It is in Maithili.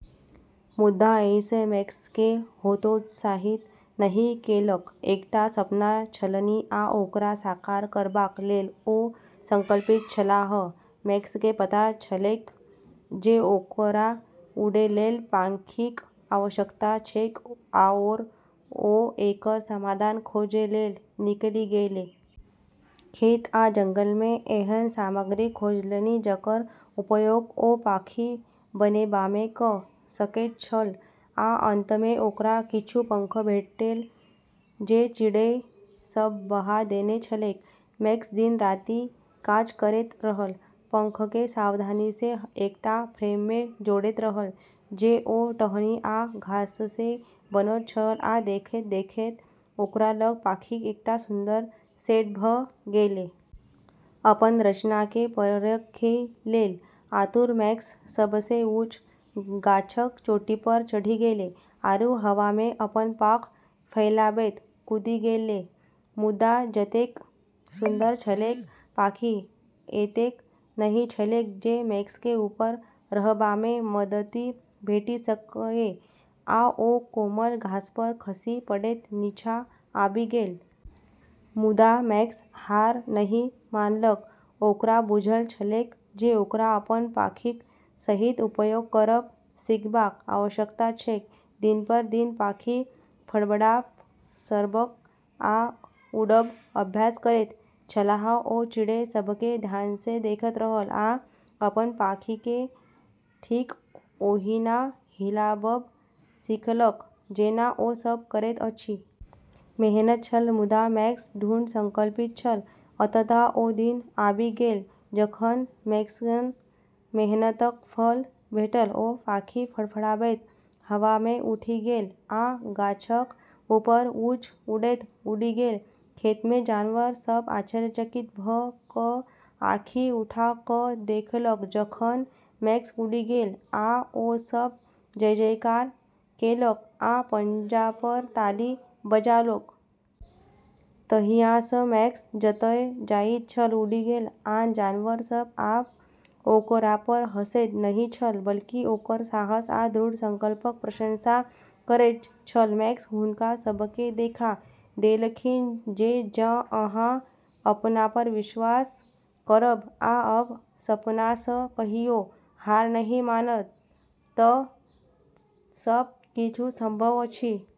मुदा एहिसँ मैक्सकेँ हतोत्साहित नहि केलक। एकटा सपना छलनि, आ ओकरा साकार करबाक लेल ओ संकल्पित छलाह। मैक्सकेँ पता छलैक जे ओकरा उड़ै लेल पाँखिक आवश्यकता छैक, आओर ओ एकर समाधान खोजै लेल निकलि गेलै। खेत आ जंगलमे एहन सामग्री खोजलनि जकर उपयोग ओ पाँखि बनेबामे कऽ सकैत छल, आ अंतमे, ओकरा किछु पंख भेटल जे चिड़ै सभ बहा देने छलैक। मैक्स दिन-राति काज करैत रहल, पंखकेँ सावधानीसँ एकटा फ्रेममे जोड़ैत रहल जे ओ टहनी आ घाससँ बनौने छल, आ देखैत-देखैत, ओकरा लग पाँखिक एकटा सुन्दर सेट भऽ गेलै। अपन रचनाकेँ परखै लेल आतुर मैक्स सबसँ ऊँच गाछक चोटीपर चढ़ि गेलै आरू हवामे अपन पाँख फैलाबैत कूदि गेलै। मुदा जतेक सुन्दर छलैक, पाँखि एतेक नहि छलैक जे मैक्सकेँ ऊपर रहबामे मददि भेटि सकए, आ ओ कोमल घासपर खसि पड़ैत नीचाँ आबि गेल। मुदा मैक्स हार नहि मानलक। ओकरा बुझल छलैक जे ओकरा अपन पाँखिक सही उपयोग करब सीखबाक आवश्यकता छैक। दिन पर दिन पाँखि फड़फड़ाबब, सरकब आ उड़ब अभ्यास करैत छलाह। ओ चिड़ै सभकेँ ध्यानसँ देखैत रहल आ अपन पाँखिकेँ ठीक ओहिना हिलाबब सीखलक जेना ओ सभ करैत अछि। मेहनत छल, मुदा मैक्स दृढ़ संकल्पित छल। अंततः ओ दिन आबि गेल जखन मैक्सक मेहनतक फल भेटल। ओ पाँखि फड़फड़ाबैत हवामे उठि गेल आ गाछक ऊपर ऊँच उड़ैत उड़ि गेल। खेतमे जानवर सभ आश्चर्यचकित भऽ कऽ आँखि उठा कऽ देखलक जखन मैक्स उड़ि गेल, आ ओ सभ जय-जयकार केलक आ पंजापर ताली बजौलक। तहियासँ मैक्स जतय जाइत छल उड़ि गेल। आन जानवर सभ आब ओकरापर हँसैत नहि छल, बल्कि ओकर साहस आ दृढ़ संकल्पक प्रशंसा करैत छल। मैक्स हुनका सभकेँ देखा देलखिन जे जँ अहाँ अपनापर विश्वास करब आ अपन सपनासँ कहियो हार नहि मानब तऽ सब किछु संभव अछि।